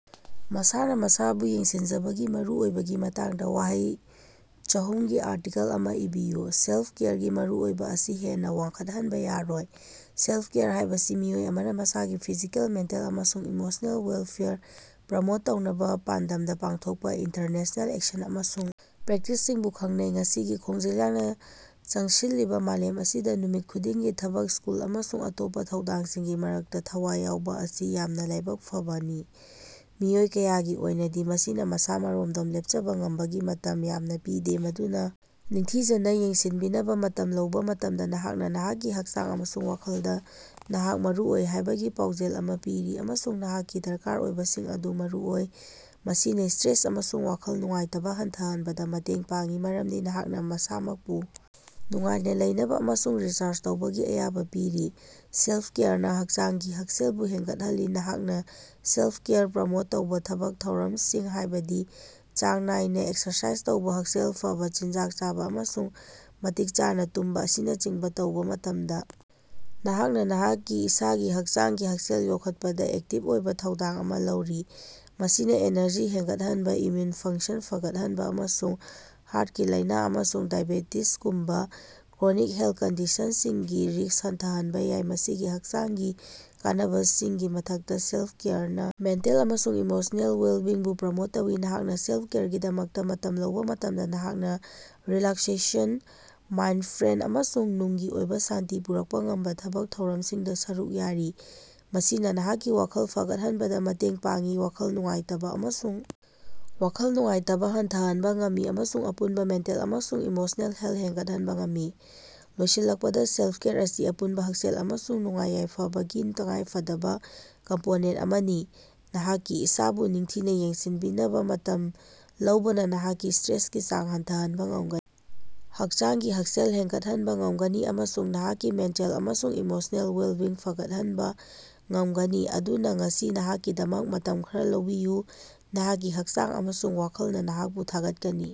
ꯃꯁꯥꯅ ꯃꯁꯥꯕꯨ ꯌꯦꯡꯁꯤꯟꯖꯕꯒꯤ ꯃꯔꯨꯑꯣꯏꯕꯒꯤ ꯃꯇꯥꯡꯗ ꯋꯥꯍꯩ ꯆꯍꯨꯝꯒꯤ ꯑꯥꯔꯇꯤꯀꯜ ꯑꯃ ꯏꯕꯤꯌꯨ꯫ ꯁꯦꯜꯐ-ꯀꯦꯌꯔꯒꯤ ꯃꯔꯨꯑꯣꯏꯕ ꯑꯁꯤ ꯍꯦꯟꯅ ꯋꯥꯡꯈꯠꯍꯟꯕ ꯌꯥꯔꯣꯏ꯫ ꯁꯦꯂꯐ-ꯀꯦꯌꯔ ꯍꯥꯏꯕꯁꯤ ꯃꯤꯑꯣꯏ ꯑꯃꯅ ꯃꯁꯥꯒꯤ ꯐꯤꯖꯤꯀꯦꯜ, ꯃꯦꯟꯇꯦꯜ ꯑꯃꯁꯨꯡ ꯏꯃꯣꯁ꯭ꯅꯦꯜ ꯋꯦꯜꯐꯦꯌꯔ ꯄ꯭ꯔꯣꯃꯣꯠ ꯇꯧꯅꯕ ꯄꯥꯟꯗꯝꯗ ꯄꯥꯡꯊꯣꯛꯄ ꯏꯟꯇꯦꯟꯁ꯭ꯅꯦꯜ ꯑꯦꯛꯁꯟ ꯑꯃꯁꯨꯡ ꯄ꯭ꯔꯦꯛꯇꯤꯁꯁꯤꯡꯕꯨ ꯈꯪꯅꯩ꯫ ꯉꯁꯤꯒꯤ ꯈꯣꯡꯖꯦꯜ ꯌꯥꯡꯅ ꯆꯪꯁꯤꯜꯂꯤꯕ ꯃꯥꯂꯦꯝ ꯑꯁꯤꯗ, ꯅꯨꯃꯤꯠ ꯈꯨꯗꯤꯡꯒꯤ ꯊꯕꯛ, ꯁ꯭ꯀꯨꯜ ꯑꯃꯁꯨꯡ ꯑꯇꯣꯞꯄ ꯊꯧꯗꯥꯡꯁꯤꯡꯒꯤ ꯃꯔꯛꯇ ꯊꯋꯥꯏ ꯌꯥꯎꯕ ꯑꯁꯤ ꯌꯥꯝꯅ ꯂꯥꯏꯕꯛ ꯐꯕꯅꯤ꯫ ꯃꯤꯑꯣꯏ ꯀꯌꯥꯒꯤ ꯑꯣꯏꯅꯗꯤ, ꯃꯁꯤꯅ ꯃꯁꯥ-ꯃꯔꯣꯝꯗꯣꯝ ꯂꯦꯞꯆꯕ ꯉꯝꯕꯒꯤ ꯃꯇꯝ ꯌꯥꯝꯅ ꯄꯤꯗꯦ, ꯃꯗꯨꯅ ꯅꯤꯡꯊꯤꯖꯅ ꯌꯦꯡꯁꯤꯟꯕꯤꯅꯕ ꯃꯇꯝ ꯂꯧꯕ ꯃꯇꯝꯗ, ꯅꯍꯥꯛꯅ ꯅꯍꯥꯛꯀꯤ ꯍꯛꯆꯥꯡ ꯑꯃꯁꯨꯡ ꯋꯥꯈꯜꯗ ꯅꯍꯥꯛ ꯃꯔꯨꯑꯣꯏ ꯍꯥꯏꯕꯒꯤ ꯄꯥꯎꯖꯦꯜ ꯑꯃ ꯄꯤꯔꯤ, ꯑꯃꯁꯨꯡ ꯅꯍꯥꯛꯀꯤ ꯗꯔꯀꯥꯔ ꯑꯣꯏꯕꯁꯤꯡ ꯑꯗꯨ ꯃꯔꯨꯑꯣꯏ꯫ ꯃꯁꯤꯅ ꯁ꯭ꯇꯔꯦꯁ ꯑꯃꯁꯨꯡ ꯋꯥꯈꯜ ꯅꯨꯡꯉꯥꯏꯇꯕ ꯍꯟꯊꯍꯟꯕꯗ ꯃꯇꯦꯡ ꯄꯥꯡꯏ, ꯃꯔꯝꯗꯤ ꯅꯍꯥꯛꯅ ꯃꯁꯥꯃꯛꯄꯨ ꯅꯨꯡꯉꯥꯏꯅ ꯂꯩꯅꯕ ꯑꯃꯁꯨꯡ ꯔꯤꯆꯥꯔꯖ ꯇꯧꯕꯒꯤ ꯑꯌꯥꯕ ꯄꯤꯔꯤ꯫ ꯁꯦꯜꯐ-ꯀꯦꯌꯔꯅ ꯍꯛꯆꯥꯡꯒꯤ ꯍꯛꯁꯦꯜꯁꯨ ꯍꯦꯟꯒꯠꯍꯜꯂꯤ꯫ ꯅꯍꯥꯛꯅ ꯁꯦꯂꯐ-ꯀꯦꯌꯔ ꯄ꯭ꯔꯣꯃꯣꯠ ꯇꯧꯕ ꯊꯕꯛ ꯊꯧꯔꯝꯁꯤꯡ, ꯍꯥꯏꯕꯗꯤ ꯆꯥꯡ ꯅꯥꯏꯅ ꯑꯦꯛꯁꯔꯁꯥꯏꯖ ꯇꯧꯕ, ꯍꯛꯁꯦꯜ ꯐꯕꯥ ꯆꯤꯟꯖꯥꯛ ꯆꯥꯕ, ꯑꯃꯁꯨꯡ ꯃꯇꯤꯛ ꯆꯥꯅ ꯇꯨꯝꯕ ꯑꯁꯤꯅꯆꯤꯡꯕ ꯇꯧꯕ ꯃꯇꯝꯗ, ꯅꯍꯥꯛꯅ ꯅꯍꯥꯛꯀꯤ ꯏꯁꯥꯒꯤ ꯍꯛꯆꯥꯡꯒꯤ ꯍꯛꯁꯦꯜ ꯌꯣꯛꯈꯠꯄꯗ ꯑꯦꯛꯇꯤꯚ ꯑꯣꯏꯕ ꯊꯧꯗꯥꯡ ꯑꯃ ꯂꯧꯔꯤ꯫ ꯃꯁꯤꯅ ꯑꯦꯅꯔꯖꯤ ꯍꯦꯟꯒꯠꯍꯟꯕ, ꯏꯝꯃ꯭ꯌꯨꯟ ꯐꯪꯛꯁꯟ ꯐꯒꯠꯍꯟꯕ ꯑꯃꯁꯨꯡ ꯍꯥꯔ꯭ꯠꯀꯤ ꯂꯥꯏꯅ ꯑꯃꯁꯨꯡ ꯗꯥꯏꯑꯦꯕꯦꯇꯤꯖꯒꯨꯝꯕ ꯀ꯭ꯔꯣꯅꯤꯛ ꯍꯦꯜꯊ ꯀꯟꯗꯤꯁꯟꯁꯤꯡꯒꯤ ꯔꯤꯁ꯭ꯛ ꯍꯟꯊꯍꯟꯕ ꯌꯥꯏ꯫ ꯃꯁꯤꯒꯤ ꯍꯛꯆꯥꯡꯒꯤ ꯀꯥꯟꯅꯕꯁꯤꯡꯒꯤ ꯃꯊꯛꯇ, ꯁꯦꯜꯐ-ꯀꯦꯌꯔꯅ ꯃꯦꯟꯇꯦꯜ ꯑꯃꯁꯨꯡ ꯏꯃꯣꯁ꯭ꯅꯦꯜ ꯋꯦꯜꯕꯤꯡꯁꯨ ꯄ꯭ꯔꯣꯃꯣꯠ ꯇꯧꯏ꯫ ꯅꯍꯥꯛꯅ ꯁꯦꯜꯐ-ꯀꯦꯌꯔꯒꯤꯗꯃꯛꯇ ꯃꯇꯝ ꯂꯧꯕ ꯃꯇꯝꯗ, ꯅꯍꯥꯛꯅ ꯔꯤꯂꯥꯛꯁꯦꯁꯟ, ꯃꯥꯏꯟꯗꯐ꯭ꯔꯦꯟꯗ ꯑꯃꯁꯨꯡ ꯅꯨꯡꯒꯤ ꯑꯣꯏꯕ ꯁꯥꯟꯇꯤ ꯄꯨꯔꯛꯄ‌ ꯉꯝꯕ ꯊꯕꯛ ꯊꯧꯔꯝꯁꯤꯡꯗ ꯁꯔꯨꯛ ꯌꯥꯔꯤ꯫ ꯃꯁꯤꯅ ꯅꯍꯥꯛꯀꯤ ꯋꯥꯈꯜ ꯐꯒꯠꯍꯟꯕꯗ ꯃꯇꯦꯡ ꯄꯥꯡꯏ, ꯋꯥꯈꯜ ꯅꯨꯡꯉꯥꯏꯇꯕꯥ ꯑꯃꯁꯨꯡ ꯋꯥꯈꯜ ꯅꯨꯡꯉꯥꯏꯇꯕꯥ ꯍꯟꯊꯍꯟꯕ ꯉꯝꯃꯤ ꯑꯃꯁꯨꯡ ꯑꯄꯨꯟꯕ ꯃꯦꯟꯇꯦꯜ ꯑꯃꯁꯨꯡ ꯏꯃꯣꯁ꯭ꯅꯦꯜ ꯍꯦꯜꯊ ꯍꯦꯟꯒꯠꯍꯟꯕ ꯉꯝꯃꯤ꯫ ꯂꯣꯏꯁꯤꯜꯂꯛꯄꯗ, ꯁꯦꯜꯐ-ꯀꯦꯌꯔ ꯑꯁꯤ ꯑꯄꯨꯟꯕ ꯍꯛꯁꯦꯜ ꯑꯃꯁꯨꯡ ꯅꯨꯡꯉꯥꯏ-ꯌꯥꯏꯐꯕꯒꯤ ꯇꯉꯥꯏꯐꯗꯕ ꯀꯝꯄꯣꯅꯦꯟꯇ ꯑꯃꯅꯤ꯫ ꯅꯍꯥꯛꯀꯤ ꯏꯁꯥꯕꯨ ꯅꯤꯡꯊꯤꯅ ꯌꯦꯡꯁꯤꯟꯕꯤꯅꯕ ꯃꯇꯝ ꯂꯧꯕꯅ, ꯅꯍꯥꯛꯅ ꯁ꯭ꯇꯔꯦꯁꯀꯤ ꯆꯥꯡ ꯍꯟꯊꯍꯟꯕ ꯉꯝꯒꯅꯤ, ꯍꯛꯆꯥꯡꯒꯤ ꯍꯛꯁꯦꯜ ꯍꯦꯟꯒꯠꯍꯟꯕ ꯉꯝꯒꯅꯤ ꯑꯃꯁꯨꯡ ꯅꯍꯥꯛꯀꯤ ꯃꯦꯟꯇꯦꯜ ꯑꯃꯁꯨꯡ ꯏꯃꯣꯁ꯭ꯅꯦꯜ ꯋꯦꯜꯕꯤꯡ ꯐꯒꯠꯍꯟꯕ ꯉꯝꯒꯅꯤ꯫ ꯑꯗꯨꯅ, ꯉꯁꯤ ꯅꯍꯥꯛꯀꯤꯗꯃꯛ ꯃꯇꯝ ꯈꯔꯥ ꯂꯧꯕꯤꯌꯨ – ꯅꯍꯥꯛꯀꯤ ꯍꯛꯆꯥꯡ ꯑꯃꯁꯨꯡ ꯋꯥꯈꯜꯅ ꯅꯍꯥꯛꯄꯨ ꯊꯥꯒꯠꯀꯅꯤ꯫